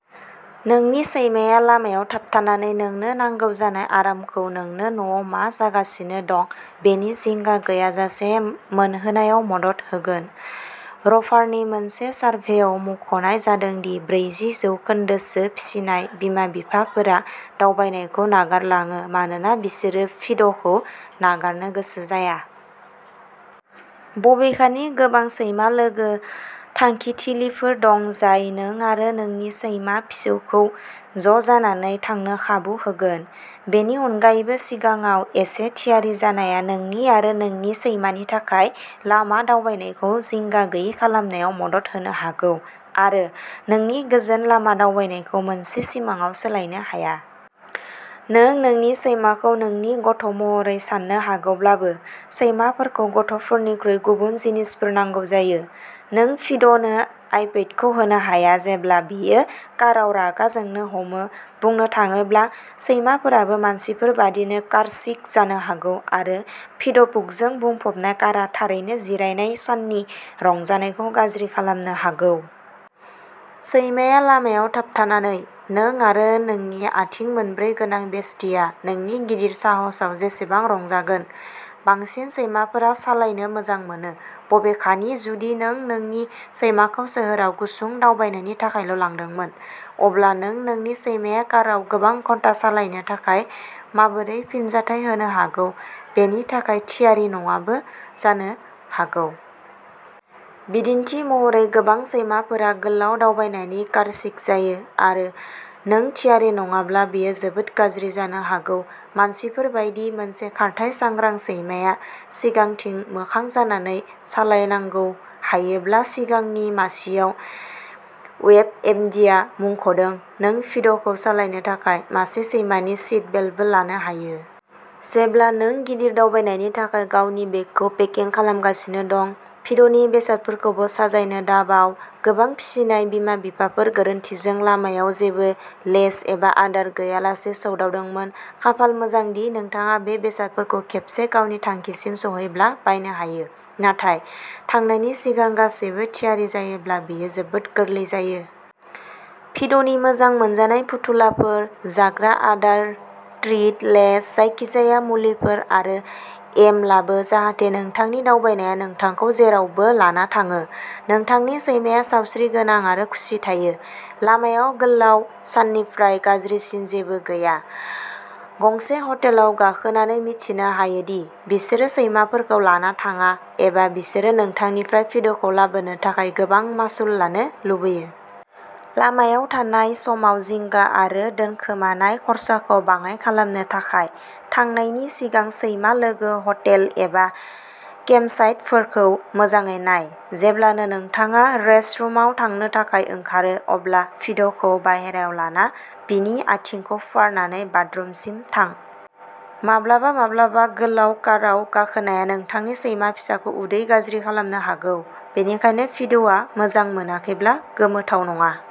नोंनि सैमाया लामायाव थाबथानानै नोंनो नांगौ जानाय आरामखौ नोंनो न'आव मा जागासिनो दं बेनि जिंगा गैयाजासे मोनहोनायाव मदद होगोन। र'भारनि मोनसे सारभेयाव मुख'नाय जादों दि ब्रैजि जौखोन्दोसो फिसिनाय बिमा-बिफाफोरा दावबायनायखौ नागारलाङो मानोना बिसोरो फिड'खौ नागारनो गोसो जाया। बबेखानि, गोबां सैमा-लोगो थांखिथिलिफोर दं जाय नों आरो नोंनि सैमा-फिसौखौ ज' जानानै थांनो खाबु होगोन। बेनि अनगायैबो, सिगाङाव एसे थियारि जानाया नोंनि आरो नोंनि सैमानि थाखाय लामा दावबायनायखौ जिंगा गैयै खालामनायाव मदद होनो हागौ, आरो नोंनि गोजोन लामा दावबायनायखौ मोनसे सिमांआव सोलायनो हाया। नों नोंनि सैमाखौ नोंनि गथ' महरै साननो हागौब्लाबो, सैमाफोरखौ गथ'फोरनिख्रुइ गुबुन जिनिसफोर नांगौ जायो। नों फिड'नो आइपेडखौ होनो हाया जेब्ला बियो काराव रागा जोंनो हमो। बुंनो थाङोब्ला, सैमाफोराबो मानसिफोर बादिनो कार्सिक जानो हागौ, आरो फिड'पुकजों बुंफबनाय कारआ थारैनो जिरायनाय साननि रंजानायखौ गाज्रि खालामनो हागौ। सैमाया लामायाव थाबथानानै, नों आरो नोंनि आथिं मोनब्रै गोनां बेस्टीआ नोंनि गिदिर साहसआव जेसेबां रंजागोन। बांसिन सैमाफोरा सालायनो मोजां मोनो। बबेखानि, जुदि नों नोंनि सैमाखौ सोहोराव गुसुं दावबायनायनि थाखायल' लांदोंमोन, अब्ला नों नोंनि सैमाया कारआव गोबां घन्टा सालायनो थाखाय माबोरै फिनजाथाय होनो हागौ बेनि थाखाय थियारि नङाबो जानो हागौ। बिदिन्थि महरै, गोबां सैमाफोरा गोलाव दावबायनायनि कार्सिक जायो। आरो, नों थियारि नङाब्ला, बेयो जोबोद गाज्रि जानो हागौ। मानसिफोर बायदि, मोनसे खारथाइ-सांग्रां सैमाया सिगांथिं मोखां जानानै सालायनांगौ, हायोब्ला सिगांनि मासिआव, वेबएमडीआ मुंख'दों। नों फिड'खौ सालायनो थाखाय मासे सैमानि सिटबेल्टबो लानो हायो। जेब्ला नों गिदिर दावबायनायनि थाखाय गावनि बेगखौ पेकिं खालामगासिनो दं, फिड'नि बेसादफोरखौबो साजायनो दाबाव। गोबां फिसिनाय बिमा-बिफाफोरा गोरोन्थिजों लामाआव जेबो लेश एबा आदार गैयालासे सौदावदोंमोन। खाफाल मोजां दि, नोंथाङा बे बेसादफोरखौ खेबसे गावनि थांखिसिम सौहैब्ला बायनो हायो, नाथाय थांनायनि सिगां गासैबो थियारि जायोब्ला बियो जोबोद गोरलै जायो। फिद'नि मोजां मोनजानाय फुथुलाफोर, जाग्रा आदार, ट्रिट, लेश, जायखिजाया मुलिफोर आरो एम लाबो, जाहाथे नोंथांनि दावबायनाया नोंथांखौ जेरावबो लाना थाङो, नोंथांनि सैमाया सावस्रिगोनां आरो खुसि थायो। लामायाव गोलाव साननिफ्राय गाज्रिसिन जेबो गैया, गंसे हटेलाव गाखोनानै मिथिनो हायो दि बिसोरो सैमाफोरखौ लाना थाङा, एबा बिसोरो नोंथांनिफ्राय फिड'खौ लाबोनो थाखाय गोबां मासुल लानो लुबैयो। लामायाव थानाय समाव जिंगा आरो दोनखोमानाय खरसाखौ बाङाइ खालामनो थाखाय थांनायनि सिगां सैमा-लोगो हटेल एबा केम्प साइटफोरखौ मोजाङै नाय। जेब्लानो नोंथाङा रेस्टरुमआव थांनो थाखाय ओंखारो, अब्ला फिड'खौ बाहेरायाव लाना बिनि आथिंखौ फुवारनानै बाथरुमसिम थां। माब्लाबा-माब्लाबा, गोलाव काराव गाखोनाया नोंथांनि सैमा फिसाखौ उदै गाज्रि खालामनो हागौ, बेनिखायनो फिड'आ मोजां मोनाखैब्ला गोमोथाव नङा।